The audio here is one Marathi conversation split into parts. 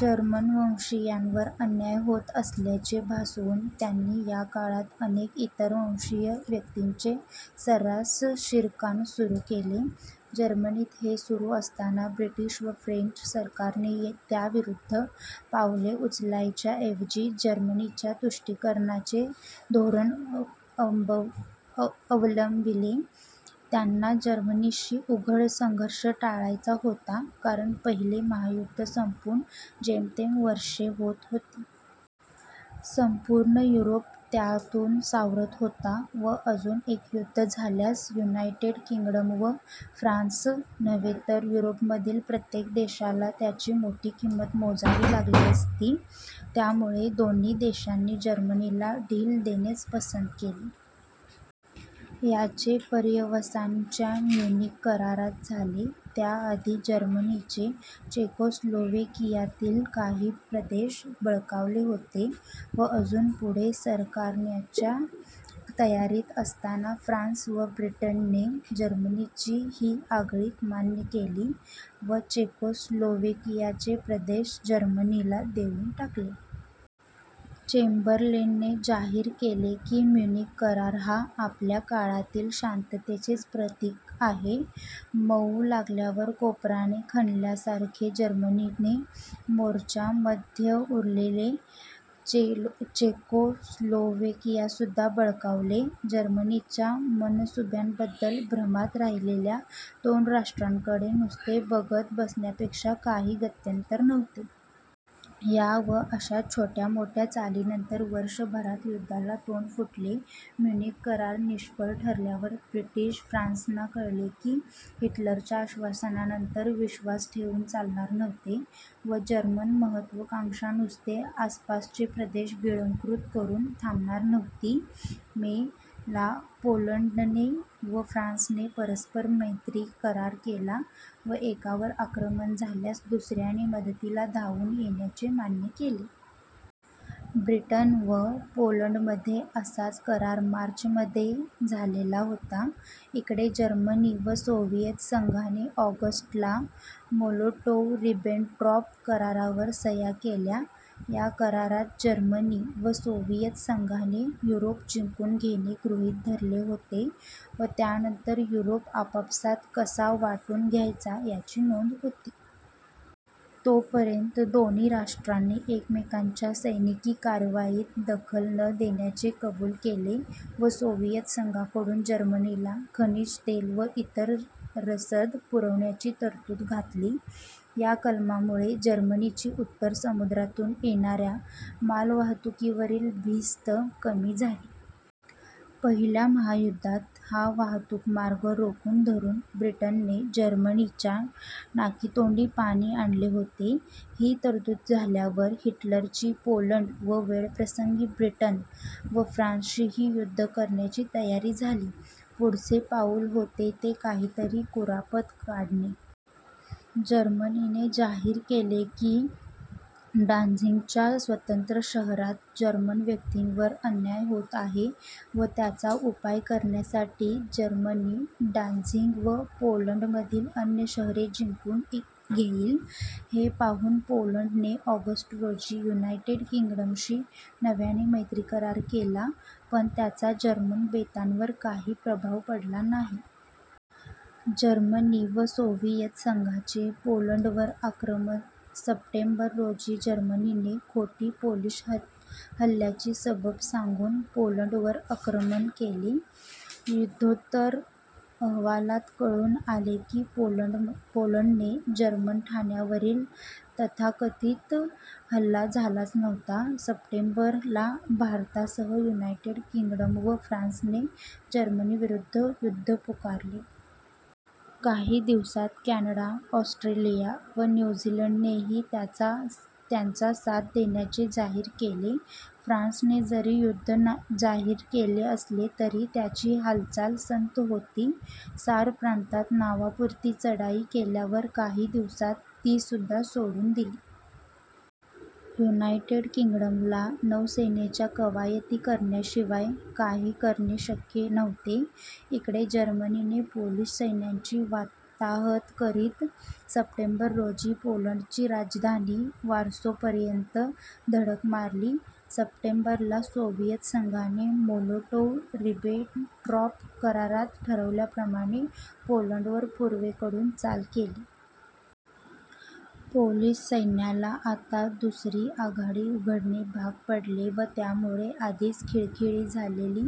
जर्मनवंशीयांवर अन्याय होत असल्याचे भासवून त्यांनी याकाळात अनेक इतरवंशीय व्यक्तींचे सर्रास शिरकाण सुरू केले. जर्मनीत हे सुरू असताना ब्रिटिश व फ्रेंच सरकारने त्याविरुद्ध पावले उचलायच्या ऐवजी जर्मनीच्या तुष्टीकरणाचे धोरण अवलंबिले. त्यांना जर्मनीशी उघड संघर्ष टाळायचा होता कारण पहिले महायुद्ध संपून जेमतेम वर्षे होत होती. संपूर्ण युरोप त्यातून सावरत होता व अजून एक युद्ध झाल्यास युनायटेड किंग्डम व फ्रान्सच नव्हे तर युरोपमधील प्रत्येक देशाला त्याची मोठी किंमत मोजावी लागली असती. त्यामुळे दोन्ही देशांनी जर्मनीला ढील देणेच पसंत केले. याचे पर्यवसान च्या म्युनिक करारात झाले. याआधी जर्मनीने चेकोस्लोव्हेकियातील काही प्रदेश बळकावले होते व अजून पुढे सरकण्याच्या तयारीत असताना फ्रान्स व ब्रिटनने जर्मनीची ही आगळीक मान्य केली व चेकोस्लोव्हेकियाचे प्रदेश जर्मनीला देऊन टाकले. चेम्बरलेनने जाहीर केले की म्युनिक करार हा "आपल्या काळातील शांततेचेच प्रतीक" आहे. मऊ लागल्यावर कोपराने खणल्यासारखे जर्मनीने मार्च मध्ये उरलेले चेकोस्लोव्हेकियासुद्धा बळकावले. जर्मनीच्या मनसूब्यांबद्दल भ्रमात राहिलेल्या दोस्त राष्ट्रांकडे नुसते बघत बसण्यापेक्षा काही गत्यंतर नव्हते. या व अशा छोट्या-मोठ्या चालींनंतर वर्षभरात युद्धाला तोंड फुटले. म्युनिक करार निष्फळ ठरल्यावर ब्रिटन/फ्रान्ससना कळले की हिटलरच्या आश्वासनांवर विश्वास ठेवून चालणार नव्हते व जर्मन महत्त्वाकांक्षा नुसते आसपासचे प्रदेश गिळंकृत करून थांबणार नव्हती. मे, ला पोलंडने व फ्रान्सने परस्पर-मैत्री करार केला व एकावर आक्रमण झाल्यास दुसऱ्याने मदतील धावून येण्याचे मान्य केले. ब्रिटन व पोलंडमध्ये असाच करार मार्चमध्ये झालेला होता. इकडे जर्मनी व सोव्हिएत संघाने ऑगस्ट, ला मोलोटोव्ह-रिबेनट्रॉप करारावर सह्या केल्या. या करारात जर्मनी व सोव्हिएत संघाने युरोप जिंकून घेणे गृहित धरले होते व त्यानंतर युरोप आपापसात कसा वाटून घ्यायचा याची नोंद होती. तोपर्यंत दोन्ही राष्ट्रांनी एकमेकांच्या सैनिकी कार्रवाईत दखल न देण्याचे कबूल केले व सोव्हिएत संघाकडून जर्मनीला खनिज तेल व इतर रसद पुरवण्याची तरतूद घातली. या कलमामुळे जर्मनीची उत्तर समुद्रातून येणाऱ्या मालवाहतूकीवरील भीस्त कमी झाली. पहिल्या महायुद्धात हा वाहतूकमार्ग रोखून धरून ब्रिटनने जर्मनीच्या नाकीतोंडी पाणी आणले होते. ही तरतूद झाल्यावर हिटलरची पोलंड व वेळप्रसंगी ब्रिटन व फ्रान्सशीही युद्ध करण्याची तयारी झाली. पुढचे पाउल होते ते काहीतरी कुरापत काढणे. जर्मनीने जाहीर केले की डान्झिगच्या स्वतंत्र शहरात जर्मन व्यक्तींवर अन्याय होत आहे व याचा उपाय करण्यासाठी जर्मनी डान्झिग व पोलंडमधील अन्य शहरे जिंकून घेईल. हे पाहून पोलंड ने ऑगस्ट रोजी युनायटेड किंग्डमशी नव्याने मैत्री करार केला, पण त्याचा जर्मन बेतांवर काही प्रभाव पडला नाही. जर्मनी व सोव्हिएत संघाचे पोलंडवर आक्रमण सप्टेंबर, रोजी जर्मनीने खोटी पोलिश हल्ल्याची सबब सांगून पोलंडवर आक्रमण केले. युद्धोत्तर अहवालात कळून आले की पोलंडने जर्मन ठाण्यावरील तथाकथित हल्ला झालाच नव्हता. सप्टेंबर ला भारतासह युनायटेड किंग्डम व फ्रान्सने जर्मनीविरुद्ध युद्ध पुकारले. काही दिवसातच कॅनडा, ऑस्ट्रेलिया व न्यू झीलंडनेही त्यांचा साथ देण्याचे जाहीर केले. फ्रान्सने जरी युद्ध जाहीर केले असले तरी त्यांची हालचाल संथ होती. सार प्रांतात नावापुरती चढाई केल्यावर काही दिवसात तीसुद्धा सोडून दिली. युनायटेड किंग्डमला नौसेनेच्या कवायती करण्याशिवाय काही करणे शक्य नव्हते. इकडे जर्मनीने पोलिश सैन्याची वाताहत करीत सप्टेंबर रोजी पोलंडची राजधानी वॉर्सोपर्यंत धडक मारली. सप्टेंबर ला सोव्हिएत संघाने मोलोटॉव्ह-रिबेनट्रॉप करारात ठरवल्याप्रमाणे पोलंडवर पूर्वेकडून चाल केली. पोलिश सैन्याला आता दुसरी आघाडी उघडणे भाग पडले व त्यामुळे आधीच खिळखिळी झालेली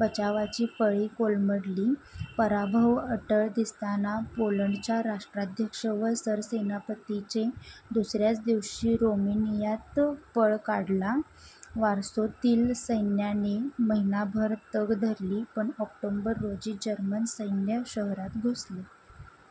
बचावाची फळी कोलमडली. पराभव अटळ दिसताना पोलंडच्या राष्ट्राध्यक्ष व सरसेनापतीने दुसऱ्याच दिवशी रोमेनियात पळ काढला. वॉर्सोतील सैन्याने महिनाभर तग धरली पण ऑक्टोबर रोजी जर्मन सैन्य शहरात घुसले.